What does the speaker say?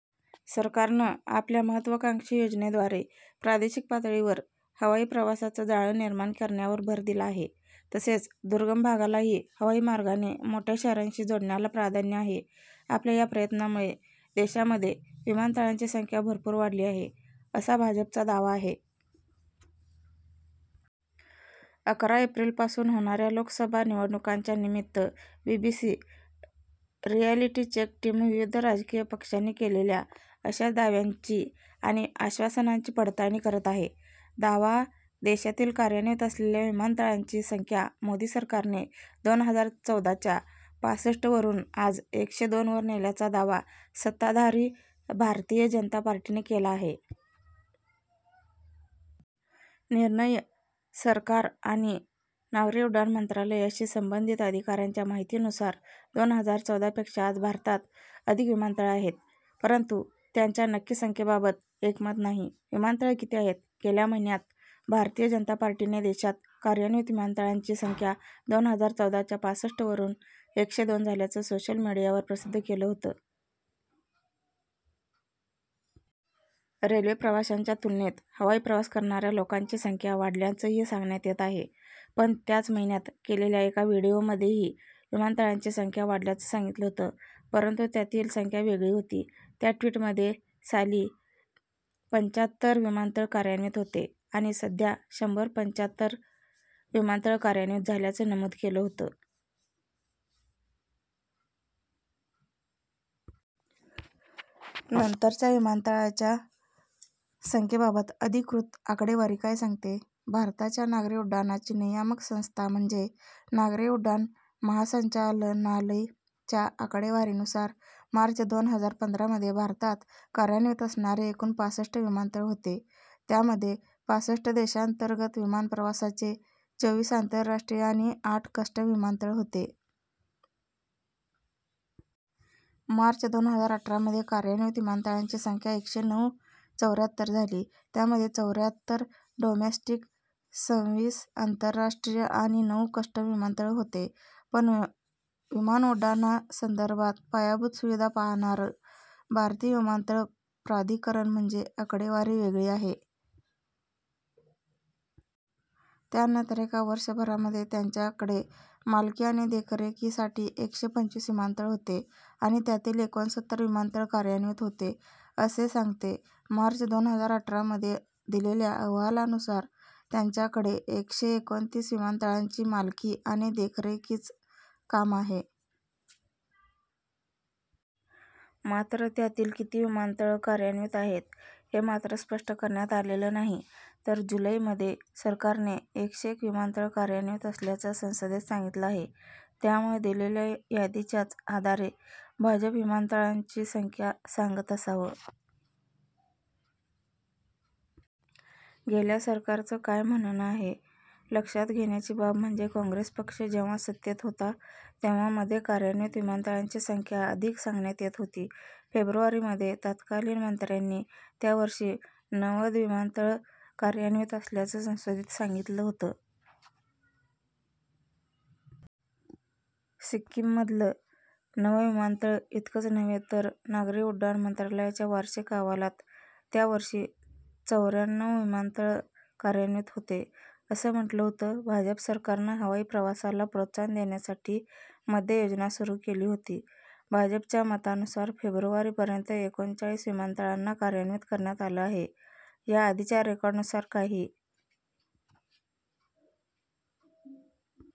सरकारनं आपल्या महत्त्वाकांक्षी योजनेद्वारे प्रादेशिक पातळीवर हवाई प्रवासाचं जाळं निर्माण करण्यावर भर दिला आहे. तसेच दुर्गम भागालाही हवाई मार्गाने मोठ्या शहरांशी जोडण्याला प्राधान्य आहे. आपल्या या प्रयत्नांमुळे देशामध्ये विमानतळांची संख्या भरपूर वाढली आहे, असा भाजपचा दावा आहे. अकरा एप्रिलपासून होणाऱ्या लोकसभा निवडणुकांच्या निमित्त बीबीसी रिअॅलिटी चेक टीम विविध राजकीय पक्षांनी केलेल्या अशाच दाव्यांची आणि आश्वासनांची पडताळणी करत आहे. दावाः देशातील कार्यान्वित असलेल्या विमानतळांची संख्या मोदी सरकारने दोन हजार चौदा च्या पासष्ट वरून आज एकशे दोन वर नेल्याचा दावा सत्ताधारी भारतीय जनता पार्टीने केला आहे. निर्णयः सरकार आणि नागरी उड्डाण मंत्रालयाशी संबंधित अधिकाऱ्यांच्या माहितीनुसार दोन हजार चौदा पेक्षा आज भारतात अधिक विमानतळ आहेत. परंतु त्यांच्या नक्की संख्येबाबत एकमत नाही. विमानतळं किती आहेत? गेल्या महिन्यात भारतीय जनता पार्टीने देशात कार्यान्वित विमानतळांची संख्या दोन हजार चौदा च्या पासष्ट वरून एकशे दोन झाल्याचं सोशल मीडियावर प्रसिद्ध केलं होतं. रेल्वेप्रवाशांच्या तुलनेत हवाई प्रवास करणाऱ्या लोकांची संख्या वाढल्याचंही सांगण्यात येत आहे. पण त्याच महिन्यात केलेल्या एका व्हीडिओमध्येही विमानतळांची संख्या वाढल्याचं सांगितलं होतं. परंतु त्यातील संख्या वेगळी होती. त्या ट्वीटमध्ये साली पंच्याहत्तर विमानतळ कार्यान्वित होते आणि सध्या शंभर पंच्याहत्तर विमानतळ कार्यान्वित झाल्याचं नमूद केलं होतं. नंतरच्या विमानतळांच्या संख्येबाबत अधिकृत आकडेवारी काय सांगते? भारताच्या नागरी उड्डाणाची नियामक संस्था, म्हणजे नागरी उड्डाण महासंचालनालय च्या आकडेवारीनुसार, मार्च दोन हजार पंधरा मध्ये भारतात कार्यान्वित असणारे एकूण पासष्ट विमानतळ होते. त्यामध्ये पासष्ट देशांतर्गत विमानप्रवासाचे, चोवीस आंतरराष्ट्रीय आणि आठ कस्टम विमानतळ होते. मार्च दोन हजार अठरा मध्ये कार्यान्वित विमानतळांची संख्या एकशे नऊ चौऱ्याहत्तर झाली. त्यामध्ये चौऱ्याहत्तर डोमेस्टिक, संविस आंतरराष्ट्रीय आणि नऊ कस्टम विमानतळ होते. पण विमानउड्डाणासंदर्भात पायाभूत सुविधा पाहाणारं भारतीय विमानतळ प्राधिकरण म्हणजे आकडेवारी वेगळी आहे. त्यानंतर एका वर्षभरामध्ये त्यांच्याकडे मालकी आणि देखरेखीसाठी एकशे पंचवीस विमानतळ होते आणि त्यातील एकोणसत्तर विमानतळ कार्यान्वित होते, असे सांगते. मार्च दोन हजार अठरा मध्ये दिलेल्या अहवालानुसार, त्यांच्याकडे एकशे एकोणतीस विमानतळांची मालकी आणि देखरेखीच काम आहे. मात्र त्यातील किती विमानतळ कार्यान्वित आहेत, हे मात्र स्पष्ट करण्यात आलेलं नाही. तर जुलै मध्ये सरकारने एकशे एक विमानतळ कार्यान्वित असल्याचं संसदेत सांगितलं आहे. त्यामुळं दिलेल्या यादीच्याच आधारे भाजप विमानतळांची संख्या सांगत असावं. गेल्या सरकारचं काय म्हणणं आहे? लक्षात घेण्याची बाब म्हणजे काँग्रेस पक्ष जेव्हा सत्तेत होता, तेव्हा मध्ये कार्यान्वित विमानतळांची संख्या अधिक सांगण्यात येत होती. फेब्रुवारी मध्ये तत्कालीन मंत्र्यांनी त्या वर्षी नवद विमानतळ कार्यान्वित असल्याचं संसदेत सांगितलं होतं. सिक्किममधलं नवं विमानतळ इतकंच नव्हे तर नागरी उड्डाण मंत्रालयाच्या वार्षिक अहवालात त्यावर्षी चौऱ्याण्णव विमानतळ कार्यान्वित होते, असं म्हटलं होतं. भाजप सरकारनं हवाई प्रवासाला प्रोत्साहन देण्यासाठी मध्ये योजना सुरू केली होती. भाजपच्या मतानुसार, फेब्रुवारी पर्यंत एकोणचाळीस विमानतळांना कार्यान्वित करण्यात आलं आहे. या आधीच्या रेकॉर्डनुसार काही